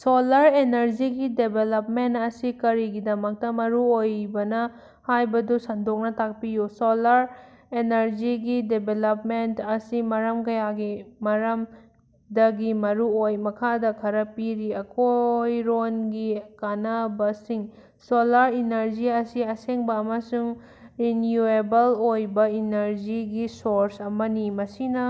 Solar ꯑꯦꯅꯔꯖꯤꯒꯤ development ꯑꯁꯤ ꯀꯔꯤꯒꯤꯗꯃꯛꯇ ꯃꯔꯨꯑꯣꯏꯕꯅ ꯍꯥꯏꯕꯗꯨ ꯁꯟꯗꯣꯛꯅ ꯇꯥꯛꯄꯤꯌꯨ꯫ ꯁꯣꯂꯥꯔ ꯑꯦꯅꯔꯖꯤꯒꯤ ꯗꯤꯚꯦꯂꯄꯃꯦꯟꯇ ꯑꯁꯤ ꯃꯔꯝ ꯀꯌꯥꯒꯤ ꯃꯔꯝꯗꯒꯤ ꯃꯔꯨꯑꯣꯏ꯫ ꯃꯈꯥꯗ ꯈꯔ ꯄꯤꯔꯤ: ꯑꯀꯣꯏꯔꯣꯟꯒꯤ ꯀꯥꯟꯅꯕꯁꯤꯡ: ꯁꯣꯂꯥꯔ ꯏꯅꯔꯖꯤ ꯑꯁꯤ ꯑꯁꯦꯡꯕ ꯑꯃꯁꯨꯡ ꯔꯤꯟꯌꯨꯑꯦꯕꯜ ꯑꯣꯏꯕ ꯏꯅꯔꯖꯤꯒꯤ ꯁꯣꯔꯁ ꯑꯃꯅꯤ꯫ ꯃꯁꯤꯅ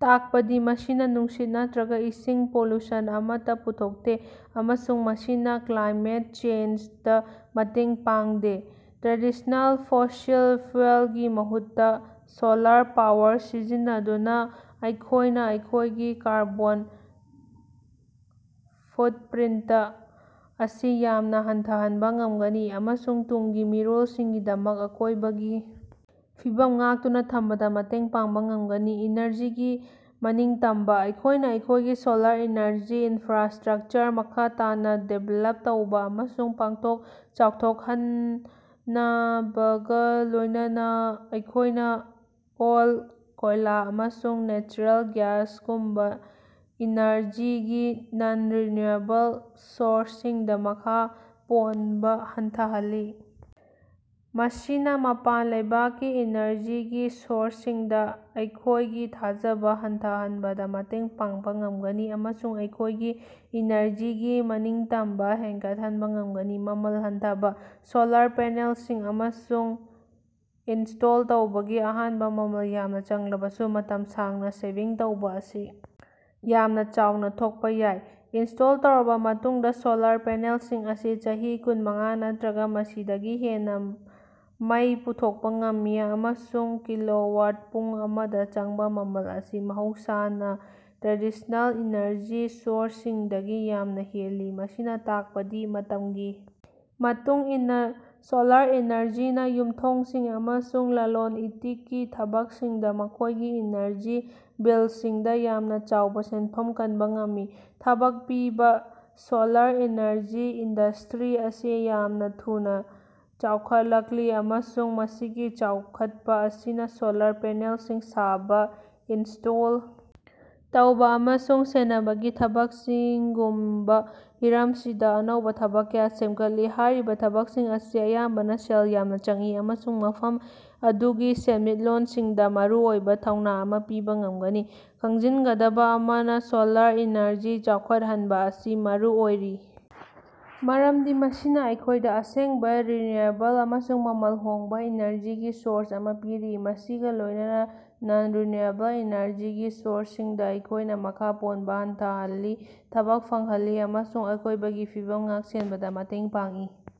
ꯇꯥꯛꯄꯗꯤ ꯃꯁꯤꯅ ꯅꯨꯡꯁꯤꯠ ꯅꯠꯇ꯭ꯔꯒ ꯏꯁꯤꯡ ꯄꯣꯂꯨꯁꯟ ꯑꯃꯠꯇ ꯄꯨꯊꯣꯛꯇꯦ꯫ ꯑꯃꯁꯨꯡ ꯃꯁꯤꯅ ꯀ꯭ꯂꯥꯏꯃꯦꯠ ꯆꯦꯟꯖꯗ ꯃꯇꯦꯡ ꯄꯥꯡꯗꯦ꯫ ꯇ꯭ꯔꯦꯗꯤꯁ꯭ꯅꯦꯜ ꯐꯣꯁꯤꯜ ꯐ꯭ꯌꯨꯑꯦꯜꯒꯤ ꯃꯍꯨꯠꯇ ꯁꯣꯂꯥꯔ ꯄꯥꯋꯔ ꯁꯤꯖꯤꯟꯅꯗꯨꯅ ꯑꯩꯈꯣꯏꯅ ꯑꯩꯈꯣꯏꯒꯤ ꯀꯥꯔꯕꯣꯟ ꯐꯨꯠꯞꯔꯤꯟꯇ ꯑꯁꯤ ꯌꯥꯝꯅ ꯍꯟꯊꯍꯟꯕ ꯉꯝꯒꯅꯤ꯫ ꯑꯃꯁꯨꯡ ꯇꯨꯡꯒꯤ ꯃꯤꯔꯣꯜꯁꯤꯡꯒꯤꯗꯃꯛ ꯑꯀꯣꯏꯕꯒꯤ ꯐꯤꯕꯝ ꯉꯥꯛꯇꯨꯅ ꯊꯝꯕꯗ ꯃꯇꯦꯡ ꯄꯥꯡꯕ ꯉꯝꯒꯅꯤ꯫ ꯏꯅꯔꯖꯤꯒꯤ ꯃꯅꯤꯡꯇꯝꯕ: ꯑꯩꯈꯣꯏꯅ ꯑꯩꯈꯣꯏꯒꯤ ꯁꯣꯂꯥꯔ ꯏꯅꯔꯖꯤ ꯏꯅꯐ꯭ꯔꯥꯁ꯭ꯇꯔꯛꯆꯔ ꯃꯈꯥ ꯇꯥꯅ ꯗꯤꯕ꯭ꯂꯞ ꯇꯧꯕ ꯑꯃꯁꯨꯡ ꯄꯥꯛꯊꯣꯛ ꯆꯥꯎꯊꯣꯛꯍꯅꯜꯟꯕꯒ ꯂꯣꯢꯅꯅ ꯑꯩꯈꯣꯏꯅ ꯑꯣꯏꯜ, ꯀꯣꯏꯂꯥ ꯑꯃꯁꯨꯡ ꯅꯦꯆꯔꯦꯜ ꯒ꯭ꯌꯥꯁꯒꯨꯝꯕ ꯏꯅꯔꯖꯤꯒꯤ ꯅꯟ-ꯔꯤꯟꯌꯨꯑꯦꯕꯜ ꯁꯣꯔꯁꯁꯤꯡꯗ ꯃꯈꯥ ꯄꯣꯟꯕ ꯍꯟꯊꯍꯜꯂꯤ꯫ ꯃꯁꯤꯅ ꯃꯄꯥꯟ ꯂꯩꯕꯥꯛꯀꯤ ꯏꯅꯔꯖꯤꯒꯤ ꯁꯣꯔꯁꯁꯤꯡꯗ ꯑꯩꯈꯣꯢꯒꯤ ꯊꯥꯖꯕ ꯍꯟꯊꯍꯟꯕꯗ ꯃꯇꯦꯡ ꯄꯥꯡꯕ ꯉꯝꯒꯅꯤ꯫ ꯑꯃꯁꯨꯡ ꯑꯩꯈꯣꯢꯒꯤ ꯏꯅꯔꯖꯤꯒꯤ ꯃꯅꯤꯡꯇꯝꯕ ꯍꯦꯟꯒꯠꯍꯟꯕ ꯉꯝꯒꯅꯤ꯫ ꯃꯃꯜ ꯍꯟꯊꯕ: ꯁꯣꯂꯥꯔ ꯄꯦꯅꯦꯜꯁꯤꯡ ꯑꯃꯁꯨꯡ ꯏꯅꯁ꯭ꯇꯣꯜ ꯇꯧꯕꯒꯤ ꯑꯍꯥꯟꯕ ꯃꯃꯜ ꯌꯥꯝꯅ ꯆꯪꯂꯕꯁꯨ ꯃꯇꯝ ꯁꯥꯡꯅ ꯁꯦꯚꯤꯡ ꯇꯧꯕ ꯑꯁꯤ ꯌꯥꯝꯅ ꯆꯥꯎꯅ ꯊꯣꯛꯄ ꯌꯥꯏ꯫ ꯏꯅꯁ꯭ꯇꯣꯜ ꯇꯧꯔꯕ ꯃꯇꯨꯡꯗ ꯁꯣꯂꯥꯔ ꯄꯦꯅꯦꯜꯁꯤꯡ ꯑꯁꯤ ꯆꯍꯤ ꯀꯨꯟꯃꯉꯥ ꯅꯠꯇ꯭ꯔꯒ ꯃꯁꯤꯗꯒꯤ ꯍꯦꯟꯅ ꯃꯩ ꯄꯨꯊꯣꯛꯄ ꯉꯝꯃꯤ꯫ ꯑꯃꯁꯨꯡ ꯀꯤꯂꯣꯋꯥꯠ-ꯄꯨꯡ ꯑꯃꯗ ꯆꯪꯕ ꯃꯃꯜ ꯑꯁꯤ ꯃꯍꯧꯁꯥꯅ ꯇ꯭ꯔꯦꯗꯤꯁꯅꯦꯜ ꯏꯅꯔꯖꯤ ꯁꯣꯔꯁꯁꯤꯡꯗꯒꯤ ꯌꯥꯝꯅ ꯍꯦꯜꯂꯤ꯫ ꯃꯁꯤꯅ ꯇꯥꯛꯄꯗꯤ ꯃꯇꯝꯒꯤ ꯃꯇꯨꯡ ꯏꯟꯅ ꯁꯣꯂꯔ ꯏꯅꯔꯖꯤꯅ ꯌꯨꯝꯊꯣꯡꯁꯤꯡ ꯑꯃꯁꯨꯡ ꯂꯂꯣꯟ-ꯏꯇꯤꯛꯀꯤ ꯊꯕꯛꯁꯤꯡꯗ ꯃꯈꯣꯏꯒꯤ ꯏꯅꯔꯖꯤ ꯕꯤꯜꯁꯤꯡꯗ ꯌꯥꯝꯅ ꯆꯥꯎꯕ ꯁꯦꯟꯐꯝ ꯀꯟꯕ ꯉꯝꯃꯤ꯫ ꯊꯕꯛ ꯄꯤꯕ: ꯁꯣꯂꯥꯔ ꯏꯅꯔꯖꯤ ꯏꯟꯗꯁ꯭ꯇꯔꯤ ꯑꯁꯤ ꯌꯥꯝꯅ ꯊꯨꯅ ꯆꯥꯎꯈꯠꯂꯛꯂꯤ꯫ ꯑꯃꯁꯨꯡ ꯃꯁꯤꯒꯤ ꯆꯥꯎꯈꯠꯄ ꯑꯁꯤꯅ ꯁꯣꯂꯥꯔ ꯄꯦꯅꯦꯜꯁꯤꯡ ꯁꯥꯕ, ꯏꯅꯁ꯭ꯇꯣꯜ ꯇꯧꯕ ꯑꯃꯁꯨꯡ ꯁꯦꯟꯅꯕꯒꯤ ꯊꯕꯛꯁꯤꯡꯒꯨꯝꯕ ꯍꯤꯔꯝꯁꯤꯡꯗ ꯑꯅꯧꯕ ꯊꯕꯛ ꯀꯌꯥ ꯁꯦꯝꯒꯠꯂꯤ꯫ ꯍꯥꯏꯔꯤꯕ ꯊꯕꯛꯁꯤꯡ ꯑꯁꯤ ꯑꯌꯥꯝꯕꯅ ꯁꯦꯜ ꯌꯥꯝꯅ ꯆꯪꯏ꯫ ꯑꯃꯁꯨꯡ ꯃꯐꯝ ꯑꯗꯨꯒꯤ ꯁꯦꯟꯃꯤꯠꯂꯣꯟꯁꯤꯡꯗ ꯃꯔꯨꯑꯣꯏꯕ ꯊꯧꯅꯥ ꯑꯃ ꯄꯤꯕ ꯉꯝꯒꯅꯤ꯫ ꯈꯪꯖꯤꯟꯒꯗꯕ ꯑꯃꯅ, ꯁꯣꯂꯥꯔ ꯏꯅꯔꯖꯤ ꯆꯥꯎꯈꯠꯍꯟꯕ ꯑꯁꯤ ꯃꯔꯨ ꯑꯣꯏꯔꯤ ꯃꯔꯝꯗꯤ ꯃꯁꯤꯅ ꯑꯩꯈꯣꯢꯗ ꯑꯁꯦꯡꯕ ꯔꯤꯌꯨꯑꯦꯕꯜ ꯑꯃꯁꯨꯡ ꯃꯃꯜ ꯍꯣꯡꯕ ꯏꯅꯔꯖꯤꯒꯤ ꯁꯣꯔꯁ ꯑꯃꯥ ꯄꯤꯔꯤ꯫ꯃꯁꯤꯒ ꯂꯣꯏꯅꯅ ꯅꯟ-ꯔꯤꯌꯨꯑꯦꯕꯜ ꯏꯅꯔꯖꯤꯒꯤ ꯁꯣꯔꯁꯁꯤꯡꯗ ꯑꯩꯈꯣꯏꯅ ꯃꯈꯥ ꯄꯣꯟꯕ ꯍꯟꯊꯍꯜꯂꯤ꯫ ꯊꯕꯛ ꯐꯪꯍꯜꯂꯤ ꯑꯃꯁꯨꯡ ꯑꯀꯣꯏꯕꯒꯤ ꯐꯤꯕꯝ ꯉꯥꯛ-ꯁꯦꯟꯕꯗ ꯃꯇꯦꯡ ꯄꯥꯡꯏ꯫